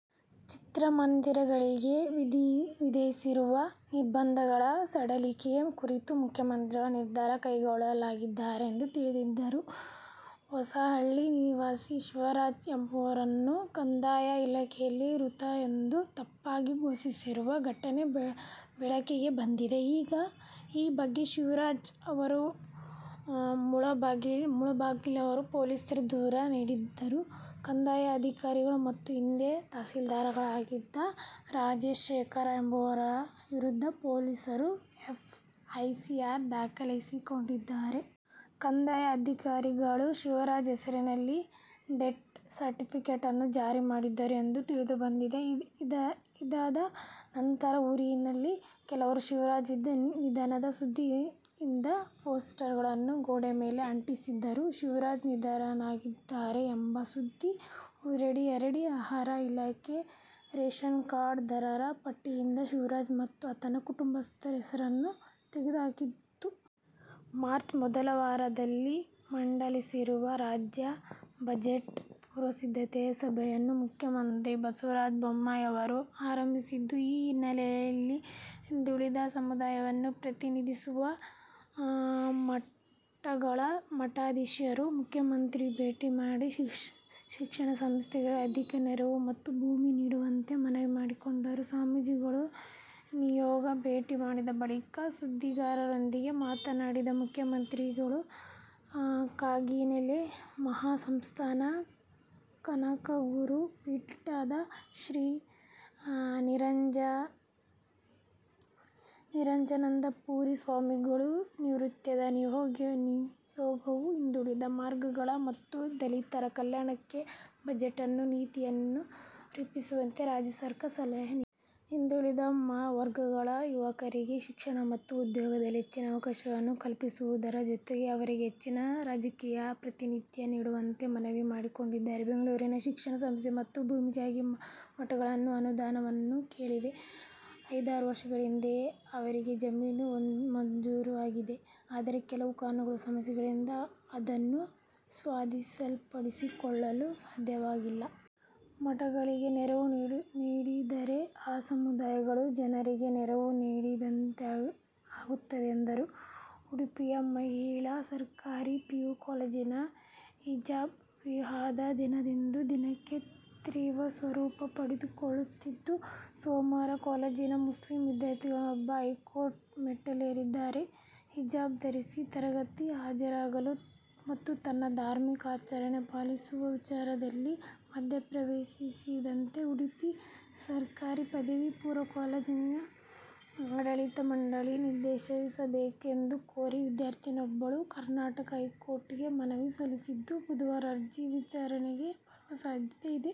ಚಿತ್ರಮಂದಿರಗಳಿಗೆ ವಿಧಿಸಿರುವ ನಿರ್ಬಂಧಗಳ ಸಡಿಲಿಕೆ ಕುರಿತು ಮುಖ್ಯಮಂತ್ರಿಗಳು ನಿರ್ಧಾರ ಕೈಗೊಳ್ಳಲಿದ್ದಾರೆಂದು ತಿಳಿಸಿದರು. ಹೊಸಹಳ್ಳಿ ನಿವಾಸಿ ಶಿವರಾಜ್ ಎಂಬುವವರನ್ನು ಕಂದಾಯ ದಾಖಲೆಗಳಲ್ಲಿ ಮೃತ ಎಂದು ತಪ್ಪಾಗಿ ಘೋಷಿಸಿರುವ ಘಟನೆ ಬೆಳಕಿಗೆ ಬಂದಿದೆ. ಈ ಬಗ್ಗೆ ಶಿವರಾಜ್ ಅವರು ಮುಳಬಾಗಿಲು ಪೊಲೀಸರಿಗೆ ದೂರು ನೀಡಿದ್ದು, ಕಂದಾಯ ಅಧಿಕಾರಿಗಳು ಮತ್ತು ಈ ಹಿಂದೆ ತಹಶೀಲ್ದಾರರಾಗಿದ್ದ ರಾಜಶೇಖರ್ ಎಂಬುವವರ ವಿರುದ್ಧ ಪೊಲೀಸರು ಎಫ್ ಐ ಆರ್ ದಾಖಲಿಸಿಕೊಂಡಿದ್ದಾರೆ. ಕಂದಾಯ ಅಧಿಕಾರಿಗಳು ಶಿವರಾಜ್ ಹೆಸರಿನಲ್ಲಿ ಡೆತ್ ಸರ್ಟಿಫಿಕೆಟನ್ನೂ ಜಾರಿ ಮಾಡಿದ್ದರು ಎಂದು ತಿಳಿದುಬಂದಿದೆ. ಇದಾದ ನಂತರ ಊರಿನಲ್ಲಿ ಕೆಲವರು ಶಿವರಾಜ್ ನಿಧನ ಸುದ್ದಿಯಿದ್ದ ಪೋಸ್ಟರ್ ಗಳನ್ನು ಗೋಡೆ ಮೇಲೆ ಅಂಟಿಸಿದ್ದರು. ಶಿವರಾಜ್ ನಿಧನರಾಗಿದ್ದಾರೆ ಎಂಬ ಸುದ್ದಿ ಊರಿಡೀ ಹರಡಿ, ಆಹಾರ ಇಲಾಖೆ ರೇಷನ್ ಕಾರ್ಡ್ ದಾರರ ಪಟ್ಟಿಯಿಂದ ಶಿವರಾಜ್ ಮತ್ತು ಆತನ ಕುಟುಂಬಸ್ಥರ ಹೆಸರನ್ನು ತೆಗೆದು ಹಾಕಿತ್ತು. ಮಾರ್ಚ್ ಮೊದಲ ವಾರದಲ್ಲಿ ಮಂಡಿಸಲಿರುವ ರಾಜ್ಯ ಬಜೆಟ್ನ ಪೂರ್ವಸಿದ್ಧತಾ ಸಭೆಯನ್ನು ಮುಖ್ಯಮಂತ್ರಿ ಬಸವರಾಜ ಬೊಮ್ಮಾಯಿ ಅವರು ಆರಂಭಿಸಿದ್ದು, ಈ ಹಿನ್ನೆಲೆಯಲ್ಲಿ ಹಿಂದುಳಿದ ಸಮುದಾಯಗಳನ್ನು ಪ್ರತಿನಿಧಿಸುವ ಮಠಗಳ ಮಠಾಧೀಶರು ಮುಖ್ಯಮಂತ್ರಿಗಳನ್ನು ಭೇಟಿ ಮಾಡಿ ಶಿಕ್ಷಣ ಸಂಸ್ಥೆಗಳಿಗೆ ಆರ್ಥಿಕ ನೆರವು ಮತ್ತು ಭೂಮಿ ನೀಡುವಂತೆ ಮನವಿ ಮಾಡಿಕೊಂಡರು. ಸ್ವಾಮೀಜಿಗಳ ನಿಯೋಗ ಭೇಟಿ ಮಾಡಿದ ಬಳಿಕ ಸುದ್ದಿಗಾರರೊಂದಿಗೆ ಮಾತನಾಡಿದ ಮುಖ್ಯಮಂತ್ರಿಗಳು, ಕಾಗಿನೆಲೆ ಮಹಾಸಂಸ್ಥಾನ ಕನಕಗುರು ಪೀಠದ ಶ್ರೀ ನಿರಂಜನಾನಂದ ಪುರಿ ಸ್ವಾಮಿಗಳ ನೇತೃತ್ವದ ನಿಯೋಗವು ಹಿಂದುಳಿದ ವರ್ಗಗಳ ಮತ್ತು ದಲಿತರ ಕಲ್ಯಾಣಕ್ಕಾಗಿ ಬಜೆಟ್ನಲ್ಲಿ ನೀತಿಗಳನ್ನು ರೂಪಿಸುವಂತೆ ರಾಜ್ಯ ಸರ್ಕಾರಕ್ಕೆ ಸಲಹೆ ನೀಡಿದೆ. ಹಿಂದುಳಿದ ವರ್ಗಗಳ ಯುವಕರಿಗೆ ಶಿಕ್ಷಣ ಮತ್ತು ಉದ್ಯೋಗದಲ್ಲಿ ಹೆಚ್ಚಿನ ಅವಕಾಶಗಳನ್ನು ಕಲ್ಪಿಸುವುದರ ಜೊತೆಗೆ ಅವರಿಗೆ ಹೆಚ್ಚಿನ ರಾಜಕೀಯ ಪ್ರಾತಿನಿಧ್ಯ ನೀಡುವಂತೆ ಮನವಿ ಮಾಡಿಕೊಂಡಿದ್ದಾರೆ. ಬೆಂಗಳೂರಿನಲ್ಲಿ ಶಿಕ್ಷಣ ಸಂಸ್ಥೆಗಳು ಮತ್ತು ಭೂಮಿಗಾಗಿ ಮಠಗಳು ಅನುದಾನವನ್ನು ಕೇಳಿವೆ. ಐದಾರು ವರ್ಷಗಳ ಹಿಂದೆಯೇ ಅವರಿಗೆ ಜಮೀನು ಮಂಜೂರಾಗಿದೆ. ಆದರೆ ಕೆಲವು ಕಾನೂನು ಸಮಸ್ಯೆಗಳಿಂದ ಅದನ್ನು ಸ್ವಾಧೀನಪಡಿಸಿಕೊಳ್ಳಲು ಸಾಧ್ಯವಾಗಿಲ್ಲ. ಮಠಗಳಿಗೆ ನೆರವು ನೀಡಿದರೆ, ಆ ಸಮುದಾಯಗಳ ಜನರಿಗೆ ನೆರವು ನೀಡಿದಂತಾಗುತ್ತದೆ ಎಂದರು. ಉಡುಪಿಯ ಮಹಿಳಾ ಸರಕಾರಿ ಪಿಯು ಕಾಲೇಜಿನ ಹಿಜಾಬ್ ವಿವಾದ ದಿನದಿಂದ ದಿನಕ್ಕೆ ತೀವ್ರ ಸ್ವರೂಪ ಪಡೆದುಕೊಳ್ಳುತ್ತಿದ್ದು, ಸೋಮವಾರ ಕಾಲೇಜ್ ನ ಮುಸ್ಲಿಂ ವಿದ್ಯಾರ್ಥಿನಿಯೊಬ್ಬರು ಹೈಕೋರ್ಟ್ ಮೆಟ್ಟಿಲೇರಿದ್ದಾರೆ. ಹಿಜಾಬ್ ಧರಿಸಿ ತರಗತಿಗೆ ಹಾಜರಾಗಲು ಮತ್ತು ತನ್ನ ಧಾರ್ಮಿಕ ಆಚರಣೆ ಪಾಲಿಸುವ ವಿಚಾರದಲ್ಲಿ ಮಧ್ಯಪ್ರವೇಶಿಸದಂತೆ ಉಡುಪಿ ಸರ್ಕಾರಿ ಪದವಿ ಪೂರ್ವ ಕಾಲೇಜಿನ ಆಡಳಿತ ಮಂಡಳಿಗೆ ನಿರ್ದೇಶಿಸಬೇಕು ಎಂದು ಕೋರಿ ವಿದ್ಯಾರ್ಥಿನಿಯೊಬ್ಬರು ಕರ್ನಾಟಕ ಹೈಕೋರ್ಟ್ ಗೆ ಮನವಿ ಸಲ್ಲಿಸಿದ್ದು, ಬುಧವಾರ ಅರ್ಜಿ ವಿಚಾರಣೆಗೆ ಬರುವ ಸಾಧ್ಯತೆ ಇದೆ.